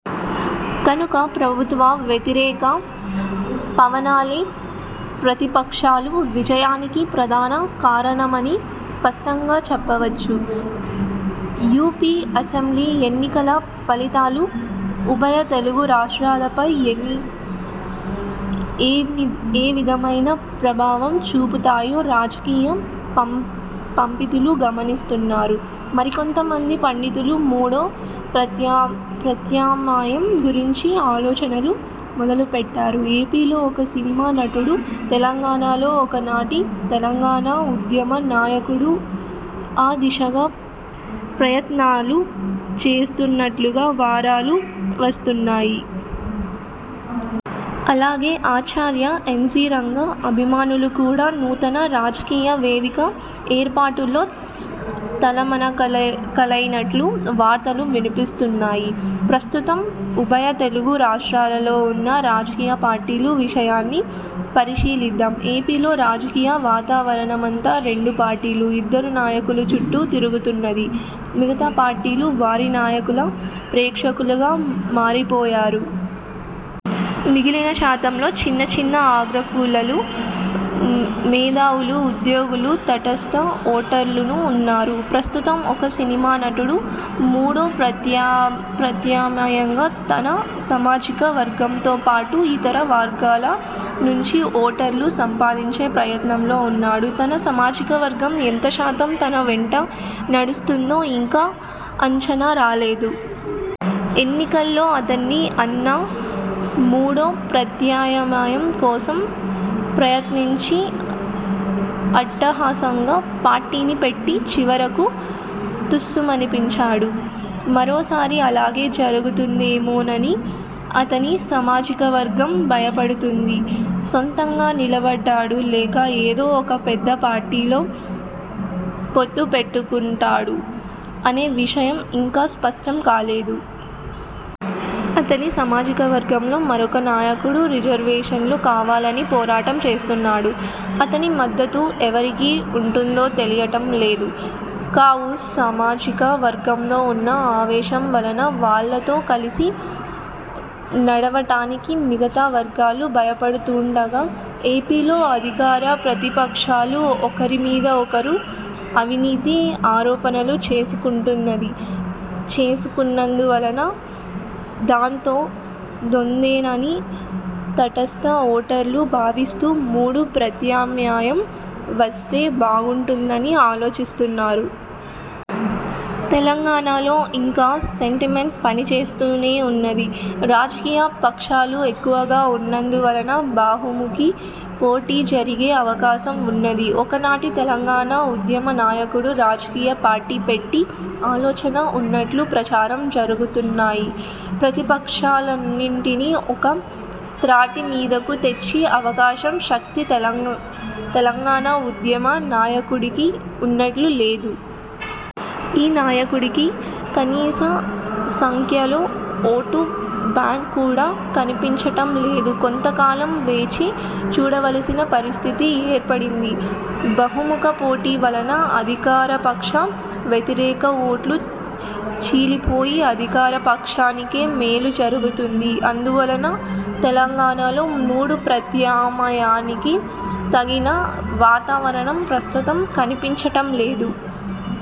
కనుక ప్రభుత్వ వ్యతిరేక పవనాలే ప్రతిపక్షాల విజయానికి ప్రధాన కారణమని స్పష్టంగా చెప్పవచ్చు. యూపీ అసెంబ్లీ ఎన్నికల ఫలితాలు ఉభయ తెలుగు రాష్ట్రాలపై ఏవిధమైన ప్రభావం చూపుతాయో రాజకీయ పండితులు గమనిస్తున్నారు. మరికొంత మంది పండితులు మూడో ప్రత్యామ్నాయం గురించి ఆలోచనలు మొదలుపెట్టారు. ఏపీలో ఒక సినిమా నటుడు, తెలంగాణలో ఒకనాటి తెలంగాణ ఉద్యమ నాయకుడు ఆ దిశగా ప్రయత్నాలు చేస్తున్నట్లు వార్తలు వస్తున్నాయి. అలాగే ఆచార్య ఎన్. జి. రంగా అభిమానులు కూడా నూతన రాజకీయ వేదిక ఏర్పాటులో తలమునకలైనట్లు వార్తలు వినిపిస్తున్నాయి. ప్రస్తుతం ఉభయ తెలుగు రాష్ట్రాల్లో ఉన్న రాజకీయ పార్టీల విషయాన్ని పరిశీలిద్దాం. ఏపీలో రాజకీయ వాతావరణమంతా రెండు పార్టీలు, ఇద్దరు నాయకుల చుట్టూ తిరుగుతున్నది. మిగతా పార్టీలు, వారి నాయకులు ప్రేక్షకులుగా మారిపోయారు. మిగిలిన శాతంలో చిన్న చిన్న అగ్రకులాలు, మేధావులు, ఉద్యోగులు తటస్థ ఓటర్లుగా ఉన్నారు. ప్రస్తుతం ఒక సినిమా నటుడు మూడో ప్రత్యామ్నాయంగా తన సామాజిక వర్గంతో పాటు ఇతర వర్గాల నుంచి ఓట్లను సంపాదించే ప్రయత్నంలో ఉన్నాడు. తన సామాజిక వర్గం ఎంత శాతం తన వెంట నడుస్తుందో ఇంకా అంచనా రాలేదు. ఎన్నికల్లో అతని అన్న మూడో ప్రత్యామ్నాయం కోసం ప్రయత్నించి అట్టహాసంగా పార్టీని పెట్టి చివరకు తుస్సుమనిపించాడు. మరోసారి అలాగే జరుగుతుందేమోనని అతని సామాజిక వర్గం భయపడుతుంది. సొంతంగా నిలబడతాడా లేక ఏదో ఒక పెద్ద పార్టీతో పొత్తు పెట్టుకుంటాడా అనే విషయం ఇంకా స్పష్టం కాలేదు. అతని సామాజిక వర్గంలో మరొక నాయకుడు రిజర్వేషన్లు కావాలని పోరాటం చేస్తున్నాడు. అతని మద్దతు ఎవరికి ఉంటుందో తెలియటం లేదు. కాపు సామాజిక వర్గంలో ఉన్న ఆవేశం వలన వాళ్ళతో కలిసి నడవటానికి మిగతా వర్గాలు భయపడుతుంటాయి. ఏపీలో అధికార, ప్రతిపక్షాలు ఒకరి మీద ఒకరు అవినీతి ఆరోపణలు చేసుకుంటున్నందు వలన దొందూ దొందేనని తటస్థ ఓటర్లు భావిస్తూ మూడో ప్రత్యామ్నాయం వస్తే బాగుంటుందని ఆలోచిస్తున్నారు. తెలంగాణలో ఇంకా సెంటిమెంటు పనిచేస్తూనే ఉన్నది. రాజకీయ పక్షాలు ఎక్కువగా ఉన్నందువలన బహుముఖ పోటీ జరిగే అవకాశం ఉన్నది. ఒకనాటి తెలంగాణ ఉద్యమ నాయకుడు రాజకీయ పార్టీ పెట్టే ఆలోచన ఉన్నట్లు ప్రచారం జరుగుతున్నది. ప్రతిపక్షాలన్నింటిని ఒక త్రాటి మీదకు తెచ్చే అవకాశం, శక్తి తెలంగాణ ఉద్యమ నాయకుడికి ఉన్నట్లు లేదు. ఈ నాయకుడికి కనీస సంఖ్యలో ఓటు బ్యాంకు కూడా కనిపించటం లేదు. కొంత కాలం వేచి చూడవలసిన పరిస్థితి ఏర్పడింది. బహుముఖ పోటీ వలన అధికారపక్ష వ్యతిరేక ఓట్లు చీలిపోయి అధికార పక్షానికే మేలు జరుగుతుంది. అందువలన తెలంగాణలో మూడో ప్రత్యామ్నాయానికి తగిన వాతావరణం ప్రస్తుతం కనిపించటం లేదు.